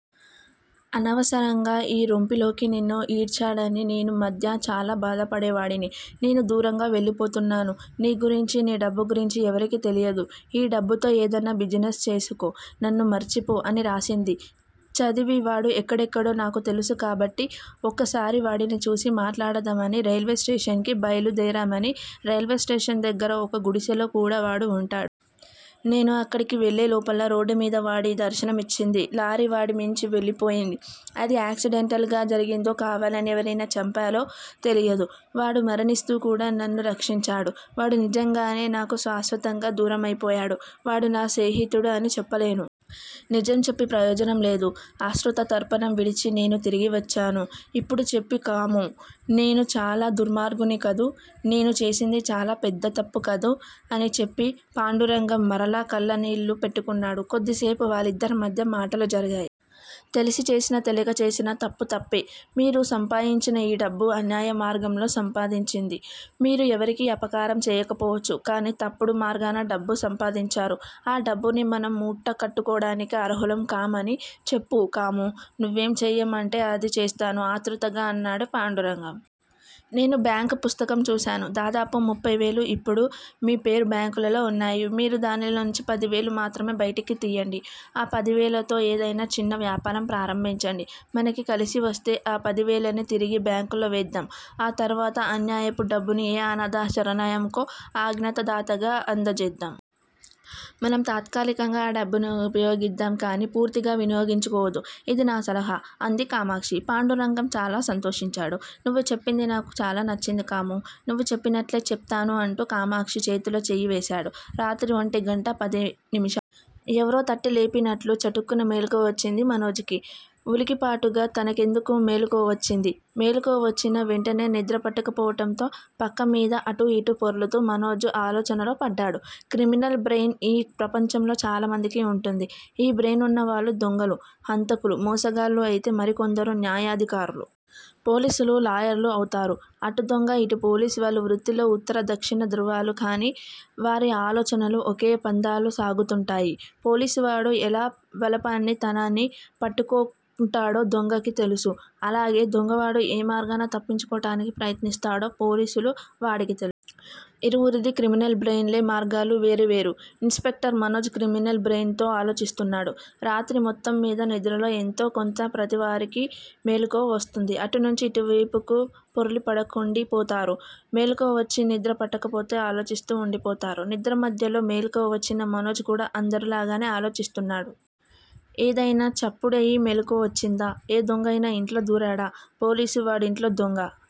అనవసరంగా ఈ రొంపిలోకి నిన్ను ఈడ్చానని నేనీమధ్య చాలా బాధపడేవాడిని. నేను దూరంగా వెళ్లిపోతున్నాను. నీగురించీ, నీ డబ్బు గురించీ ఎవరికీ తెలియదు. ఈ డబ్బుతో ఏదన్నా బిజినెస్ చేసుకో! నన్ను మర్చిపో! అని రాసింది చదివి, వాడు ఎక్కడెక్కడో నాకు తెలుసు కాబట్టి, ఒక్కసారి వాడిని చూసి మాట్లాడదామని, రైల్వేస్టేషన్ కి బయలు దేరామని, రైల్వేస్టేషన్ దగ్గర ఒక గుడిసెలో కూడా వాడు వుంటాడు. నేను అక్కడికి వెళ్ళేలోపలే, రోడ్డు మీద వాడి దర్శనమిచ్చింది లారీ వాడిమీంచి వెళ్ళిపోయింది. అది యాక్సిడెంటల్ గా జరిగిందో, కావాలని ఎవరయినా చంపాలో తెలియదు. వాడు మరణిస్తూ కూడా నన్ను రక్షించాడు. వాడు నిజంగానే నాకు శాశ్వతంగా దూరం అయిపోయాడు. వాడు నా స్నేహితుడు అని చెప్పలేను. నిజం చెప్పీ ప్రయోజనం లేదు. అశ్రుతర్పణం విడిచి నేను తిరిగి వచ్చాను. ఇప్పుడు చెప్పు కామూ! నేను చాలా దుర్మార్గుడిని కదూ! నేను చేసింది చాలా పెద్ద తప్పు కదూ! అని చెప్పి పాండురంగం మరలా కళ్ళ నీళ్ళు పెట్టుకున్నాడు. కొద్దిసేపు వాళ్లిద్దరి మధ్యా మాటలు జరిగాయి. తెలిసి చేసినా తెలియక చేసినా తప్పు తప్పే. మీరు సంపాయించిన ఈ డబ్బు, అన్యాయం మార్గంలో సంపాదించింది. మీరు ఎవరికీ అపకారం చెయ్యకపోవచ్చు. కానీ, తప్పుడు మార్గాన డబ్బు సంపాదించారు. ఆ డబ్బుని మనం ముట్టుకోడానికి అర్హులం కాముకానీ చెప్పు! కామూ! నువ్వేం చేయమంటే అది చేస్తాను ఆత్రుతగా అన్నాడు పాండురంగం. నేను బ్యాంక్ పుస్తకం చూశాను. దాదాపు ముప్పైవేలు ఇప్పుడు మీ పేర బ్యాంకులో వున్నాయి. మీరు దానిలోంచి పదివేలు మాత్రమే బయటికి తియ్యండి. ఆ పదివేలతో ఏదయినా చిన్న వ్యాపారం ప్రారంభించండి. మనకి కలిసివస్తే, ఆ పదివేలని తిరిగి బ్యాంకులో వేద్దాం. ఆ తరువాత అన్యాయపు డబ్బుని ఏ అనాధ శరణాలయంకో అజ్ఞాత దాతగా అందచేద్దాం. మనం తాత్కాలికంగా ఆ డబ్బుని ఉపయోగిద్దాం కానీ, పూర్తిగా వినియోగించుకోవద్దు. ఇది నా సలహా! అంది కామాక్షి. పాండురంగం చాలా సంతోషించాడు. నువ్వు చెప్పింది నాకు చాలా నచ్చింది కామూ! నువ్వు చెప్పినట్లే చెప్తాను అంటూ కామాక్షి చేతిలో చెయ్యి వేశాడు. రాత్రి ఒంటిగంటా పది నిమిషాలు. ఎవరో తట్టి లేపినట్లు చటుక్కున మెలకువ వచ్చింది మనోజ్ కి. వులికిపాటుగా తనకెందుకు మెలుకువ వచ్చింది? మెలకువ వచ్చినా వెంటనే నిద్రపట్టకపోవటంతో పక్క మీద అటూ యిటూ పొర్లుతూ మనోజు ఆలోచనలో పడ్డాడు. క్రిమినల్ బ్రెయిన్ ఈ ప్రపంచంలో చాలామందికి వుంటుంది. ఈ బ్రెయిన్ వున్న వాళ్ళు దొంగలూ, హంతకులూ, మోసగాళ్ళూ అయితే, మరికొందరు న్యాయాధికారులు! పోలీసులూ, లాయర్లూ అవుతారు. అటుదొంగ, ఇటు పోలీసు వాళ్ళ వృత్తులో ఉత్తర, దక్షిణ ధృవాలు. కానీ, వారి ఆలోచనలు ఒకే పంధాలో సాగుతూంటాయి. పోలీసువాడు ఎలా వలపన్ని తనని పట్టుకుంటాడో దొంగకి తెలుసు. అలాగే దొంగవాడు ఏ మార్గాన తప్పించుకోటానికి ప్రయత్నిస్తాడో పోలీసు వాడికి తెలుసు. ఇరువురిది క్రిమినల్ బ్రెయిన్ లే మార్గాలు వేరు వేరు. Inspector Manoj criminal brain తో ఆలోచిస్తున్నాడు. రాత్రి మొత్తంమీద నిద్రలో ఎంతోకొంత ప్రతివారికి మెలుకువ వస్తుంది. అటునుంచి ఇటువేపుకి పొర్లిపడుకుండి పోతారు. మెలుకువ వచ్చి నిద్ర పట్టకపోతే ఆలోచిస్తూ వుండిపోతారు. నిద్ర మధ్యలో మెలకువ వచ్చిన మనోజ్ కూడ అందరి లాగానే ఆలోచిస్తున్నాడు. ఏదయినా చప్పుడయి మెలుకువ వచ్చిందా? ఏ దొంగైయినా ఇంట్లో దూరాడా? పోలీసు వాడింట్లో దొంగ!